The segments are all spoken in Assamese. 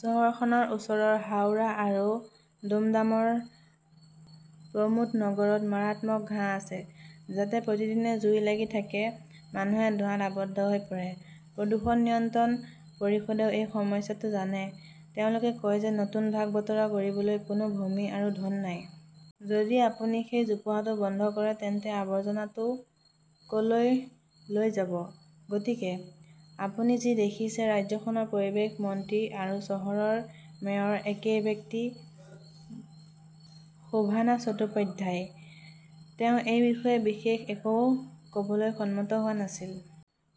চহৰখনৰ ওচৰৰ হাওৰা আৰু দুমডামৰ প্ৰমোদনগৰত দুটা মাৰাত্মক ঘাঁহ আছে। যাতে প্ৰতিদিনে জুই লাগি থাকে, মানুহে ধোঁৱাত আৱদ্ধ হৈ পৰে। প্ৰদূষণ নিয়ন্ত্ৰণ পৰিষদেও এই সমস্যাটো জানে। তেওঁলোকে কয় যে নতুন ভাগ বতৰা কৰিবলৈ কোনো ভূমি আৰু ধন নাই। যদি আপুনি সেই জোপোহাটো বন্ধ কৰে তেন্তে আৱৰ্জনাটো কলৈ লৈ যাব? গতিকে আপুনি যি দেখিছে, ৰাজ্যখনৰ পৰিৱেশ মন্ত্ৰী আৰু চহৰৰ মেয়ৰ একেই ব্যক্তি শোভনা চট্টোপাধ্যায়। তেওঁ এই বিষয়ে বিশেষ একো কবলৈ সন্মত হোৱা নাছিল।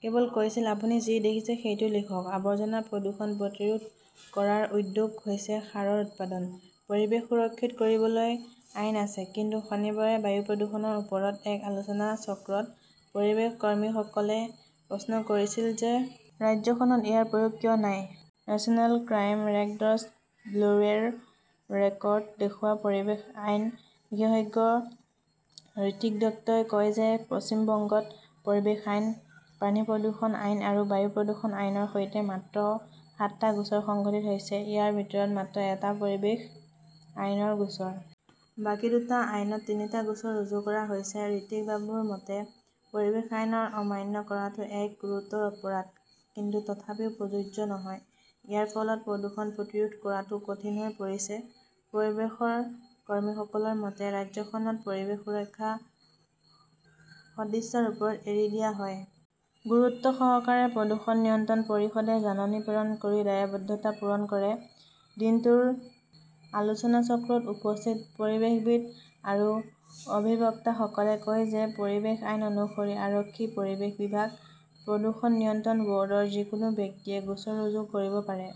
কেৱল কৈছিল, আপুনি যি দেখিছে সেইটো লিখক। আৱৰ্জনা-প্ৰদূষণ প্ৰতিৰোধ কৰাৰ উদ্যোগ হৈছে সাৰৰ উৎপাদন। পৰিৱেশ সুৰক্ষিত কৰিবলৈ আইন আছে। কিন্তু শনিবাৰে বায়ু প্ৰদূষণৰ ওপৰত এক আলোচনাচক্ৰত পৰিৱেশ কৰ্মীসকলে প্ৰশ্ন কৰিছিল যে, ৰাজ্যখনত ইয়াৰ প্ৰয়োগ কিয় নাই? নেচনেল ক্ৰাইম ৰেকৰ্ডছ ব্যুৰোৰ ৰেকৰ্ড দেখুৱাই পৰিৱেশ আইন বিশেষজ্ঞ ঋত্বিক দত্তই কয় যে চনত পশ্চিম বংগত পৰিৱেশ আইন, পানী প্ৰদূষণ আইন আৰু বায়ু প্ৰদূষণ আইনৰ সৈতে মাত্ৰ সাতটা গোচৰ সংঘটিত হৈছিল। ইয়াৰ ভিতৰত মাত্ৰ এটা পৰিৱেশ আইনৰ গোচৰ! বাকী দুটা আইনত তিনিটা গোচৰ ৰুজু কৰা হৈছে। ঋত্বিক বাবুৰ মতে, পৰিৱেশ আইন অমান্য কৰাটো এক গুৰুতৰ অপৰাধ। কিন্তু তথাপিও প্ৰযোজ্য নহয়। ইয়াৰ ফলত প্ৰদূষণ প্ৰতিৰোধ কৰাটো কঠিন হৈ পৰিছে। পৰিৱেশ কৰ্মীসকলৰ মতে, ৰাজ্যখনত পৰিৱেশ সুৰক্ষা সদিচ্ছাৰ ওপৰত এৰি দিয়া হয়। গুৰুত্বসহকাৰে প্ৰদূষণ নিয়ন্ত্ৰণ পৰিষদে জাননী প্ৰেৰণ কৰি দায়বদ্ধতা পূৰণ কৰে। দিনটোৰ আলোচনাচক্ৰত উপস্থিত পৰিৱেশবিদ আৰু অধিবক্তাসকলে কয় যে পৰিৱেশ আইন অনুসৰি আৰক্ষী, পৰিৱেশ বিভাগ, প্ৰদূষণ নিয়ন্ত্ৰণ বৰ্ডৰ যিকোনো ব্যক্তিয়ে গোচৰ ৰুজু কৰিব পাৰে।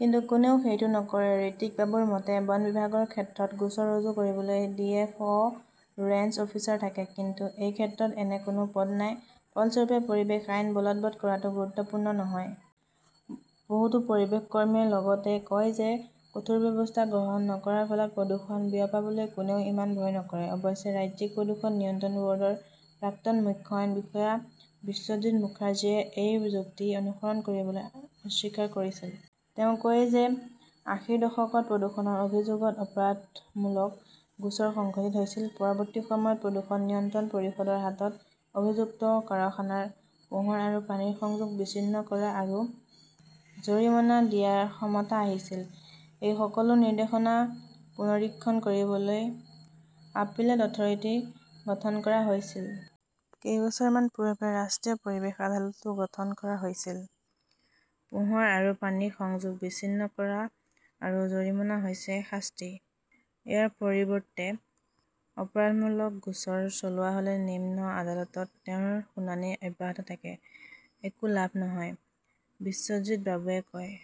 কিন্তু কোনেও সেইটো নকৰে। ঋত্বিক বাবুৰ মতে, বন বিভাগৰ ক্ষেত্ৰত গোচৰ ৰুজু কৰিবলৈ D. F. O range officer থাকে। কিন্তু এই ক্ষেত্ৰত এনে কোনো পদ নাই। ফলস্বৰূপে, পৰিৱেশ আইন বলৱৎ কৰাটো গুৰুত্বপূৰ্ণ নহয়। বহুতো পৰিৱেশ কৰ্মীয়ে লগতে কয় যে কঠোৰ ব্যৱস্থা গ্ৰহণ নকৰাৰ ফলত প্ৰদূষণ বিয়পাবলৈ কোনেও ইমান ভয় নকৰে। অৱশ্যে, ৰাজ্যিক প্ৰদূষণ নিয়ন্ত্ৰণ বৰ্ডৰ প্ৰাক্তন মুখ্য আইন বিষয়া বিশ্বজিত মুখাৰ্জীয়ে এই যুক্তি অনুসৰণ কৰিবলৈ অস্বীকাৰ কৰিছিল। তেওঁ কয় যে আশীৰ দশকত প্ৰদূষণৰ অভিযোগত অপৰাধমূলক গোচৰ সংঘটিত হৈছিল। পৰৱৰ্তী সময়ত প্ৰদূষণ নিয়ন্ত্ৰণ পৰিষদৰ হাতত অভিযুক্ত কাৰখানাৰ পোহৰ আৰু পানীৰ সংযোগ বিচ্ছিন্ন কৰা আৰু জৰিমনা দিয়াৰ ক্ষমতা আহিছিল। এই সকলো নিৰ্দেশনা পুনৰীক্ষণ কৰিবলৈ 'আপিলেট অথৰিটি 'গঠন কৰা হৈছিল। কেইবছৰমান পূৰ্বে ৰাষ্ট্ৰীয় পৰিৱেশ আদালতও গঠন কৰা হৈছিল। পোহৰ আৰু পানীৰ সংযোগ বিচ্ছিন্ন কৰা আৰু জৰিমনা হৈছে শাস্তি। ইয়াৰ পৰিৱৰ্তে অপৰাধমূলক গোচৰ চলোৱা হলে নিম্ন আদালতত তেওঁৰ শুনানি অব্যাহত থাকে। লাভ একো নহয়, বিশ্বজিত বাবুৱে কয়।